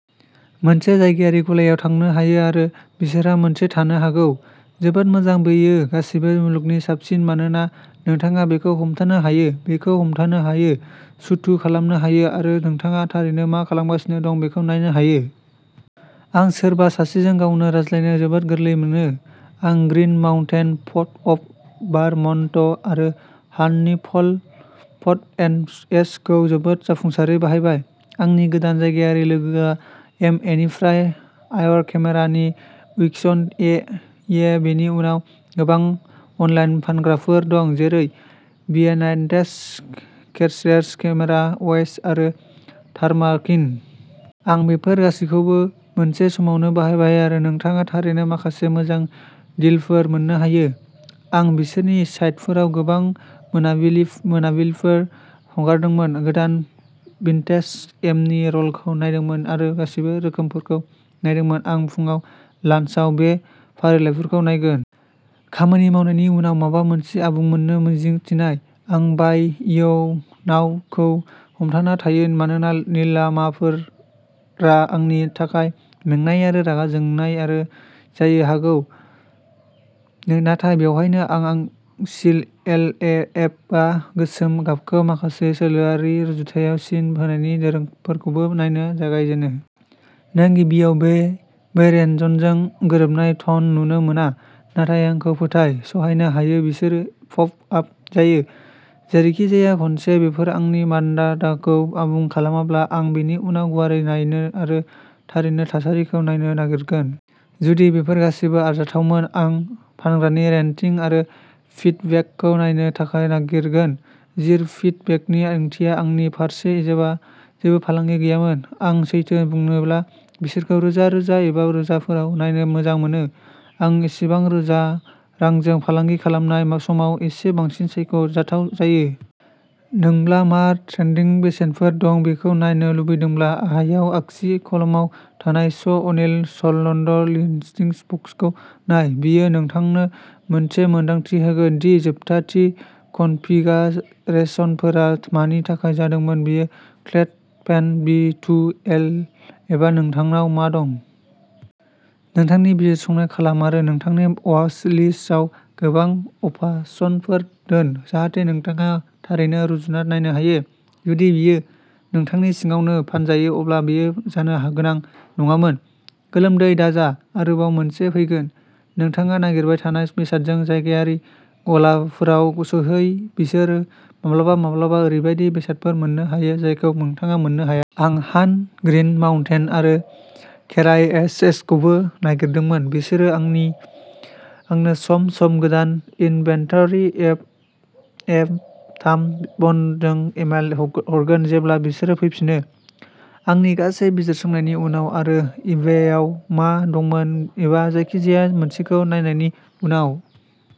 मोनसे जायगायारि गलायाव थांनो हायो आरो बिसोरहा मोनसे थानो हागौ। जोबोद मोजां बेयो गासैबो मुलुगनि साबसिन, मानोना नोंथाङा बेखौ हमथानो हायो, बेखौ हमथानो हायो, शूट खालामनो हायो आरो नोंथाङा थारैनो मा खालामगासिनो दं बेखौ नायनो हायो। आं सोरबा सासेजों गावनो रायज्लायनो जोबोद गोरलै मोनो। आं ग्रीन माउन्टेन फट'अफ भारमन्ट आरो हान्टनि फट' एनएच खौ जोबोद जाफुंसारै बाहायबाय। आंनि गोदान जायगायारि लोगोआ एमएनिफ्राय वाईये केमेरा नि इउक्सिन ये। बेनि उनाव गोबां अनलाइन फानग्राफोर दं, जेरै बीएन्डएच, केईएच, केमेरा वेस्ट आरो तामार्किन। आं बेफोर गासैबोखौ मोनसे समावनो बाहायबाय आरो नोंथाङा थारैनो माखासे मोजां डिलफोर मोन्नो हायो। आं बिसोरनि साइटफोराव गोबां मोनाबिलि मोनाबिलिफोर हगारदोंमोन, गोदान भिन्टेज एमनि रलखौ नायदोंमोन आरो गासैबो रोखोमफोरखौ नायदोंमोन। आं फुंआव, लान्सआव बे फारिलाइफोरखौ नायगोन। खामानि मावनायनि उनाव, माबा मोनसे आबुं मोन्नो मिजिं थिनाय। आं बाय इट नाउ खौ हमथाना थायो मानोना निलामफोरा आंनि थाखाय मेंनाय आरो रागा जोंनाय जायो हागौ। नाथाय बेवहायनो आं सि एल ए एबा गोसोम गाबखौ माखासे जोंलारि रुजुथायाव सिन होनायनि दोरोंफोरखौबो नायनो जागायजेनो। नों गिबियाव बे बै रेन्जजों गोरोबनाय टन नुनो मोना, नाथाय आंखौ फोथाय, सहायनो हायो। बिसोर पप आप जायो। जेरैखिजाया, खनसे बेफोर आंनि मानदान्दाखौ आबुं खालामब्ला, आं बेनि उनाव गुवारै नायनो आरो थारैनो थासारिखौ नायनो नागिरगोन। जुदि बेफोर गासैबो आरजाथावमोन, आं फानग्रानि रेटिं आरो फिडबेकखौ नायनो थाखाय नागिरगोन। जिर' फिडबेकनि ओंथिया आंनि फारसे जेबा जेबो फालांगि गैयामोन। आं सैथो बुंनोब्ला बिसोरखौ रोजा रोजा एबा रोजाफोराव नायनो मोजां मोनो। आं एसेबां रांजों फालांगि खालामनाय समाव एसे बांसिन सायख' जाथाव जायो। नोंब्ला मा ट्रेन्डिं बेसेनफोर दं बेखौ नायनो लुबैदोंब्ला, गाहायाव आगसि कलामाव थानाय श अनलि स'ल्ड लिस्टिंस बक्सखौ नाय। बेयो नोंथांनो मोनसे मोनदांथि होगोन दि जोबथा थि कनफिगारेशनफोरा मानि थाखाय जादोंमोन बेयो clad, paint, beat to hell एबा नोंथांनाव मा दं। नोंथांनि बिजिरसंनाय खालाम आरो नोंथांनि वाच लिस्टआव गोबां अपसनफोर दोन जाहाथे नोंथाङा थारैनो रुजुना नायनो हायो। जुदि बेयो नोंथांनि सिङावनो फानजायो, अब्ला बेयो जानो गोनां नङामोन। गोलोमदै दाजा आरोबाव मोनसे फैगोन। नोंथाङा नागिरबाय थानाय बेसादजों जायगायारि गलाफोराव सौहै बिसोरो माब्लाबा-माब्लाबा ओरैबायदि बेसादफोर मोननो हायो जायखौ नोंथाङा मोननो हाया। आं हान्ट, ग्रीन माउन्टेन आरो केईएइचखौबो नागिरदोंमोन। बिसोर आंनो सम-सम गोदान इनभेन्टरि एम थाम बडीजों इमेल ह-हरगोन जेब्ला बिसोर फैफिनो। आंनि गासै बिजिरसंनायनि उनाव आरो इबेआव मा दंमोन एबा जायखिजाया मोनसेखौ नायनायनि उनाव।